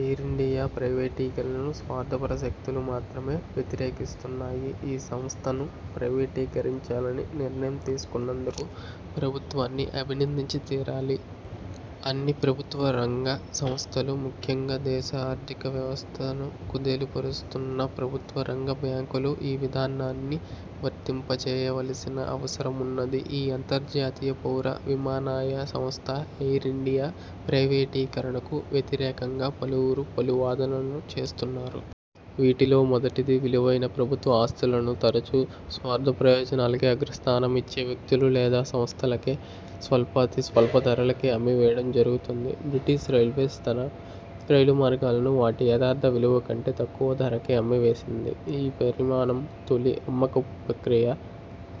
Air India ప్రైవేటీకరణను స్వార్థపర శక్తులు మాత్రమే వ్యతిరేకిస్తున్నాయి. ఈ సంస్థను ప్రైవేటీకరించాలని నిర్ణయం తీసుకున్నందుకు ప్రభుత్వాన్ని అభినందించి తీరాలి. అన్ని ప్రభుత్వరంగ సంస్థలకు, ముఖ్యంగా దేశ ఆర్థిక వ్యవస్థను కుదేలుపరుస్తున్న ప్రభుత్వ రంగ బ్యాంకులకు ఈ విధానాన్ని వర్తింపచేయవలసిన అవసరమున్నది. మన అంతర్జాతీయ పౌర విమానయాన సంస్థ ఎయిర్ ఇండియా ప్రైవేటీకరణకు వ్యతిరేకంగా పలువురు పలు వాదనలు చేస్తున్నారు. వీటిలో మొదటిది విలువైన ప్రభుత్వఆస్తులను తరచు, స్వార్థప్రయోజనాలకే అగ్ర ప్రాధాన్యమిచ్చే వ్యక్తులు లేదా సంస్థలకే స్వల్పాతి స్వల్ప ధరలకే అమ్మివేయడం జరుగుతుంది. బ్రిటిష్ రైల్వేస్ తన రైలు మార్గాలను వాటి యథార్థ విలువ కంటే తక్కువ ధరకే అమ్మివేసింది. ఈ పరిణామం, తొలి అమ్మకపు ప్రక్రయ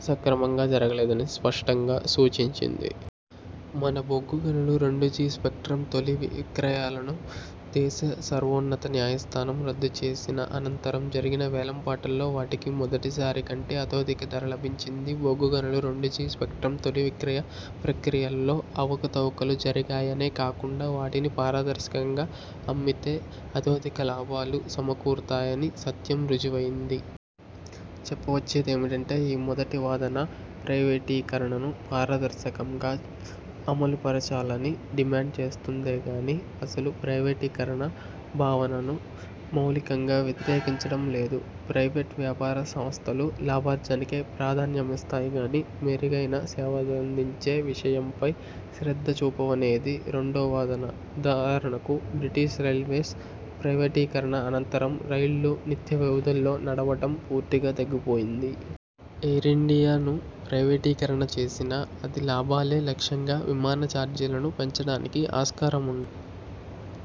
సక్రమంగా జరగలేదని స్పష్టంగా సూచించింది. మన బొగ్గు గనులు, రెండు జీ స్పెక్ట్రమ్ తొలి విక్రయాలను దేశ సర్వోన్నత న్యాయస్థానం రద్దు చేసిన అనంతరం జరిగిన వేలం పాటల్లో వాటికి మొదటిసారి కంటే ఇతోధిక ధర లభించింది. బొగ్గు గనులు, రెండు జీ స్పెక్ట్రమ్ తొలి విక్రయ ప్రక్రియలో అవకతవకలు జరిగాయనే కాకుండా వాటిని పారదర్శకంగా అమ్మితే ఇతోధిక లాభాలు సమకూరుతాయనే సత్యం రుజువయింది. చెప్పవచ్చిందేమిటంటే ఈ మొదటి వాదన ప్రైవేటీకరణను పారదర్శకంగా అమలుపరచాలని డిమాండ్ చేస్తుందే గానీ అసలు ప్రైవేటీకరణ భావనను మౌలికంగా వ్యతిరేకించడం లేదు. ప్రైవేట్ వ్యాపార సంస్థలు లాభార్జనకే ప్రాధాన్యమిస్తాయిగానీ, మెరుగైన సేవలందించే విషయం పై శ్రద్ధచూపవనేది రెండో వాదన. ఉదాహరణకు బ్రిటిష్ రైల్వేస్ ప్రైవేటీకరణ అనంతరం రైళ్ళు నిత్య వ్యవధుల్లో నడవడం పూర్తిగా తగ్గిపోయింది. ఎయిర్ ఇండియాను ప్రైవేటీకరణ చేసినా అది లాభాలే లక్ష్యంగా విమానచార్జీలను పెంచడానికి ఆస్కారముండదు.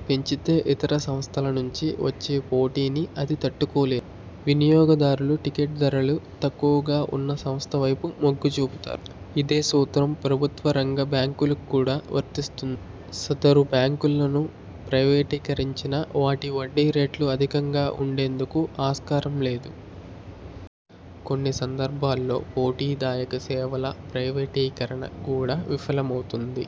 పెంచితే ఇతరసంస్థల నుంచి వచ్చే పోటీని అది తట్టుకోలేదు. వినియోగదారులు టిక్కెట్ ధరలు తక్కువగా ఉన్న సంస్థల వైపు మొగ్గు చూపుతారు. ఇదే సూత్రం ప్రభుత్వరంగ బ్యాంకులకు కూడా వర్తిస్తుంది. సదరు బ్యాంకులను ప్రైవేటీకరించినా వాటి వడ్డీ రేట్లు అధికంగా ఉండేందుకు ఆస్కారం లేదు. కొన్ని సందర్భాలలో పోటీదాయక సేవల ప్రైవేటీకరణ కూడా విఫలమవుతుంది.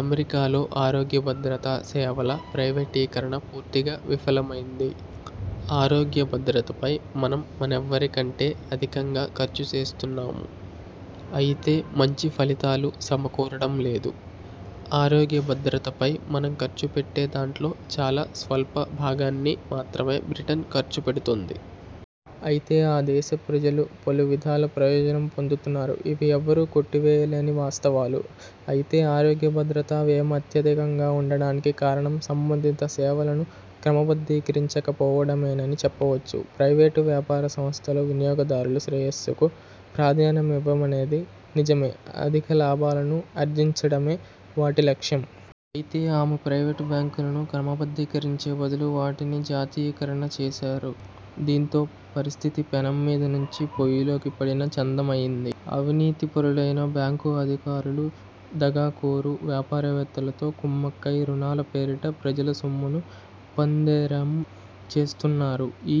అమెరికాలో ఆరోగ్యభద్రతా సేవల ప్రైవేటీకరణ పూర్తిగా విఫలమైంది. 'ఆరోగ్య భద్రతపై మనం మరెవ్వరికంటే అధికంగా ఖర్చు చేస్తున్నాము. అయితే మంచి ఫలితాలు సమకూరడం లేదు. ఆరోగ్యభద్రతపై మనం ఖర్చు పెట్టే దాంట్లో చాలా స్వల్ప భాగాన్ని మాత్రమే బ్రిటన్ ఖర్చు పెడుతోంది. అయితే ఆ దేశ ప్రజలు పలు విధాల ప్రయోజనం పొందుతున్నారు. ఇవి ఎవరూ కొట్టివేయలేని వాస్తవాలు. అయితే ఆరోగ్య భద్రతా వ్యయం అత్యధికంగా ఉండడానికి కారణం సంబంధిత సేవలను క్రమబద్ధీకరించక పోవడమేనని చెప్పవచ్చు. ప్రైవేట్ వ్యాపార సంస్థలు వినియోగదారుల శ్రేయస్సుకు ప్రాధాన్యమివ్వవనేది నిజమే. అధిక లాభాలను అర్జించడమే వాటి లక్ష్యం. అయితే ఆమె ప్రైవేట్ బ్యాంకులను క్రమబద్ధీకరించే బదులు వాటిని జాతీయీకరణ చేశారు. దీంతో పరిస్థితి పెనం మీద నుంచి పొయ్యిలోకి పడిన చందమయింది. అవినీతిపరులైన బ్యాంకు అధికారులు, దగాకోరు వ్యాపారవేత్తలతో కుమ్మక్కై రుణాల పేరిట ప్రజల సొమ్మును పందేరం చేస్తున్నారు. ఈ